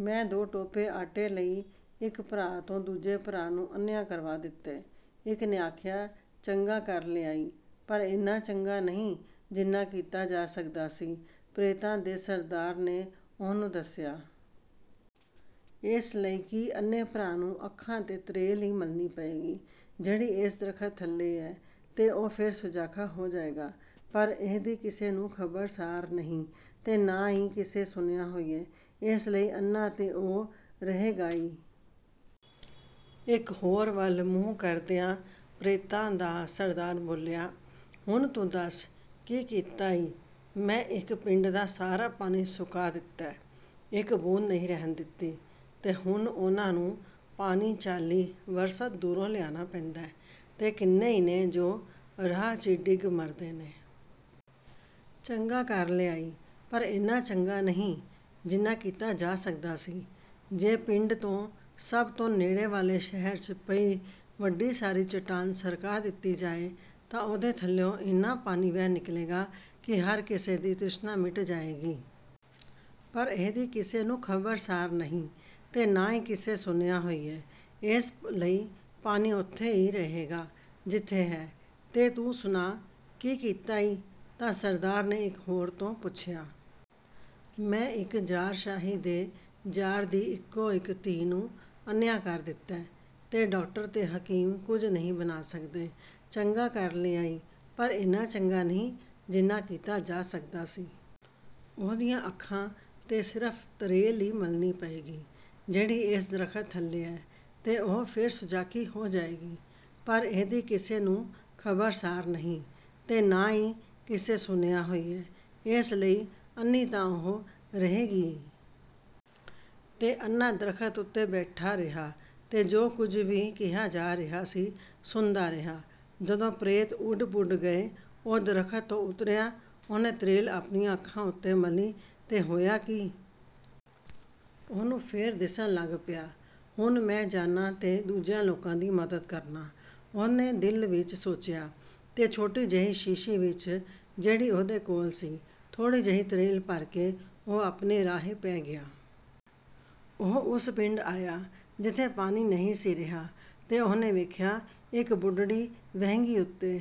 “ਮੈਂ ਦੋ ਟੋਪੇ ਆਟੇ ਲਈ ਇੱਕ ਭਰਾ ਤੋਂ ਦੂਜੇ ਭਰਾ ਨੂੰ ਅੰਨ੍ਹਿਆਂ ਕਰਵਾ ਦਿੱਤੈ,” ਇੱਕ ਨੇ ਆਖਿਆ। “ਚੰਗਾ ਕਰ ਲਿਆ ਈ, ਪਰ ਏਨਾ ਚੰਗਾ ਨਹੀਂ, ਜਿੰਨਾ ਕੀਤਾ ਜਾ ਸਕਦਾ ਸੀ,” ਪ੍ਰੇਤਾਂ ਦੇ ਸਰਦਾਰ ਨੇ ਉਹਨੂੰ ਦੱਸਿਆ। “ਏਸ ਲਈ ਕਿ ਅੰਨ੍ਹੇ ਭਰਾ ਨੂੰ ਅੱਖਾਂ ’ਤੇ ਤਰੇਲ ਈ ਮਲਣੀ ਪਏਗੀ, ਜਿਹੜੀ ਏਸ ਦਰਖ਼ਤ ਥੱਲੇ ਏ, ਤੇ ਉਹ ਫੇਰ ਸੁਜਾਖਾ ਹੋ ਜਾਏਗਾ। ਪਰ ਇਹਦੀ ਕਿਸੇ ਨੂੰ ਖ਼ਬਰ-ਸਾਰ ਨਹੀਂ, ਤੇ ਨਾ ਈ ਕਿਸੇ ਸੁਣਿਆ ਹੋਇਐ, ਏਸ ਲਈ ਅੰਨ੍ਹਾ ਤੇ ਉਹ ਰਹੇਗਾ ਈ।” ਇੱਕ ਹੋਰ ਵੱਲ ਮੂੰਹ ਕਰਦਿਆਂ ਪ੍ਰੇਤਾਂ ਦਾ ਸਰਦਾਰ ਬੋਲਿਆ: “ਹੁਣ ਤੂੰ ਦੱਸ, ਕੀ ਕੀਤਾ ਈ?" "ਮੈਂ ਇੱਕ ਪਿੰਡ ਦਾ ਸਾਰਾ ਪਾਣੀ ਸੁਕਾ ਦਿੱਤੈ, ਇੱਕ ਬੂੰਦ ਨਹੀਂ ਰਹਿਣ ਦਿੱਤੀ, ਤੇ ਹੁਣ ਉਹਨਾਂ ਨੂੰ ਪਾਣੀ ਚਾਲੀ ਵਰਸਤ ਦੂਰੋਂ ਲਿਆਣਾ ਪੈਂਦੈ, ਤੇ ਕਿੰਨੇ ਈ ਨੇ ਜੋ ਰਾਹ ’ਚ ਈ ਡਿਗ ਮਰਦੇ ਨੇ।” “ਚੰਗਾ ਕਰ ਲਿਆ ਈ, ਪਰ ਏਨਾ ਚੰਗਾ ਨਹੀਂ, ਜਿੰਨਾ ਕੀਤਾ ਜਾ ਸਕਦਾ ਸੀ।” “ਜੇ ਪਿੰਡ ਤੋਂ ਸਭ ਤੋਂ ਨੇੜੇ ਵਾਲੇ ਸ਼ਹਿਰ ’ਚ ਪਈ ਵੱਡੀ ਸਾਰੀ ਚਟਾਨ ਸਰਕਾ ਦਿੱਤੀ ਜਾਏ, ਤਾਂ ਉਹਦੇ ਥੱਲਿਉਂ ਏਨਾ ਪਾਣੀ ਵਹਿ ਨਿਕਲੇਗਾ ਕਿ ਹਰ ਕਿਸੇ ਦੀ ਤ੍ਰਿਸ਼ਨਾ ਮਿਟ ਜਾਏਗੀ।” “ਪਰ ਇਹਦੀ ਕਿਸੇ ਨੂੰ ਖ਼ਬਰ-ਸਾਰ ਨਹੀਂ, ਤੇ ਨਾ ਈ ਕਿਸੇ ਸੁਣਿਆ ਹੋਇਐ, ਏਸ ਲਈ ਪਾਣੀ ਓਥੇ ਈ ਰਹੇਗਾ, ਜਿਥੇ ਹੈ।” “ਤੇ ਤੂੰ ਸੁਣਾ, ਕੀ ਕੀਤਾ ਈ?” ਤਾਂ ਸਰਦਾਰ ਨੇ ਇਕ ਹੋਰ ਤੋਂ ਪੁੱਛਿਆ। “ਮੈਂ ਇੱਕ ਜ਼ਾਰਸ਼ਾਹੀ ਦੇ ਜ਼ਾਰ ਦੀ ਇਕੋ-ਇੱਕ ਧੀ ਨੂੰ ਅੰਨ੍ਹਿਆਂ ਕਰ ਦਿੱਤੈ, ਤੇ ਡਾਕਟਰ ਤੇ ਹਕੀਮ ਕੁਝ ਨਹੀਂ ਬਣਾ ਸਕਦੇ।” “ਚੰਗਾ ਕਰ ਲਿਆ ਈ, ਪਰ ਏਨਾ ਚੰਗਾ ਨਹੀਂ, ਜਿੰਨਾ ਕੀਤਾ ਜਾ ਸਕਦਾ ਸੀ।" “ਉਹਦੀਆਂ ਅੱਖਾਂ ’ਤੇ ਸਿਰਫ਼ ਤਰੇਲ ਈ ਮਲਣੀ ਪਏਗੀ, ਜਿਹੜੀ ਏਸ ਦਰਖ਼ਤ ਥੱਲੇ ਏ, ਤੇ ਉਹ ਫੇਰ ਸੁਜਾਖੀ ਹੋ ਜਾਏਗੀ।" “ਪਰ ਇਹਦੀ ਕਿਸੇ ਨੂੰ ਖ਼ਬਰ-ਸਾਰ ਨਹੀਂ, ਤੇ ਨਾ ਈ ਕਿਸੇ ਸੁਣਿਆ ਹੋਇਐ, ਏਸ ਲਈ ਅੰਨ੍ਹੀ ਤਾਂ ਉਹ ਰਹੇਗੀ ਈ।” ਤੇ ਅੰਨ੍ਹਾ ਦਰਖ਼ਤ ਉਤੇ ਬੈਠਾ ਰਿਹਾ ਤੇ ਜੁ ਕੁਝ ਵੀ ਕਿਹਾ ਜਾ ਰਿਹਾ ਸੀ, ਸੁਣਦਾ ਰਿਹਾ। ਜਦੋਂ ਪ੍ਰੇਤ ਉਡ-ਪੁਡ ਗਏ, ਉਹ ਦਰਖ਼ਤ ਤੋਂ ਉਤਰਿਆ, ਉਹਨੇ ਤਰੇਲ ਆਪਣੀਆਂ ਅੱਖਾਂ ਉਤੇ ਮਲੀ ਤੇ ਹੋਇਆ ਕੀ! ਉਹਨੂੰ ਫੇਰ ਦਿੱਸਣ ਲੱਗ ਪਿਆ। “ਹੁਣ ਮੈਂ ਜਾਨਾਂ ਤੇ ਦੂਜਿਆਂ ਲੋਕਾਂ ਦੀ ਮਦਦ ਕਰਨਾਂ,” ਉਹਨੇ ਦਿਲ ਵਿੱਚ ਸੋਚਿਆ। ਤੇ ਛੋਟੀ ਜਿਹੀ ਸ਼ੀਸ਼ੀ ਵਿੱਚ, ਜਿਹੜੀ ਉਹਦੇ ਕੋਲ ਸੀ, ਥੋੜ੍ਹੀ ਜਿਹੀ ਤਰੇਲ ਭਰ ਕੇ ਉਹ ਆਪਣੇ ਰਾਹੇ ਪੈ ਗਿਆ। ਉਹ ਓਸ ਪਿੰਡ ਆਇਆ, ਜਿਥੇ ਪਾਣੀ ਨਹੀਂ ਸੀ ਰਿਹਾ, ਤੇ ਉਹਨੇ ਵੇਖਿਆ, ਇੱਕ ਬੁਢੜੀ ਵਹਿੰਗੀ ਉਤੇ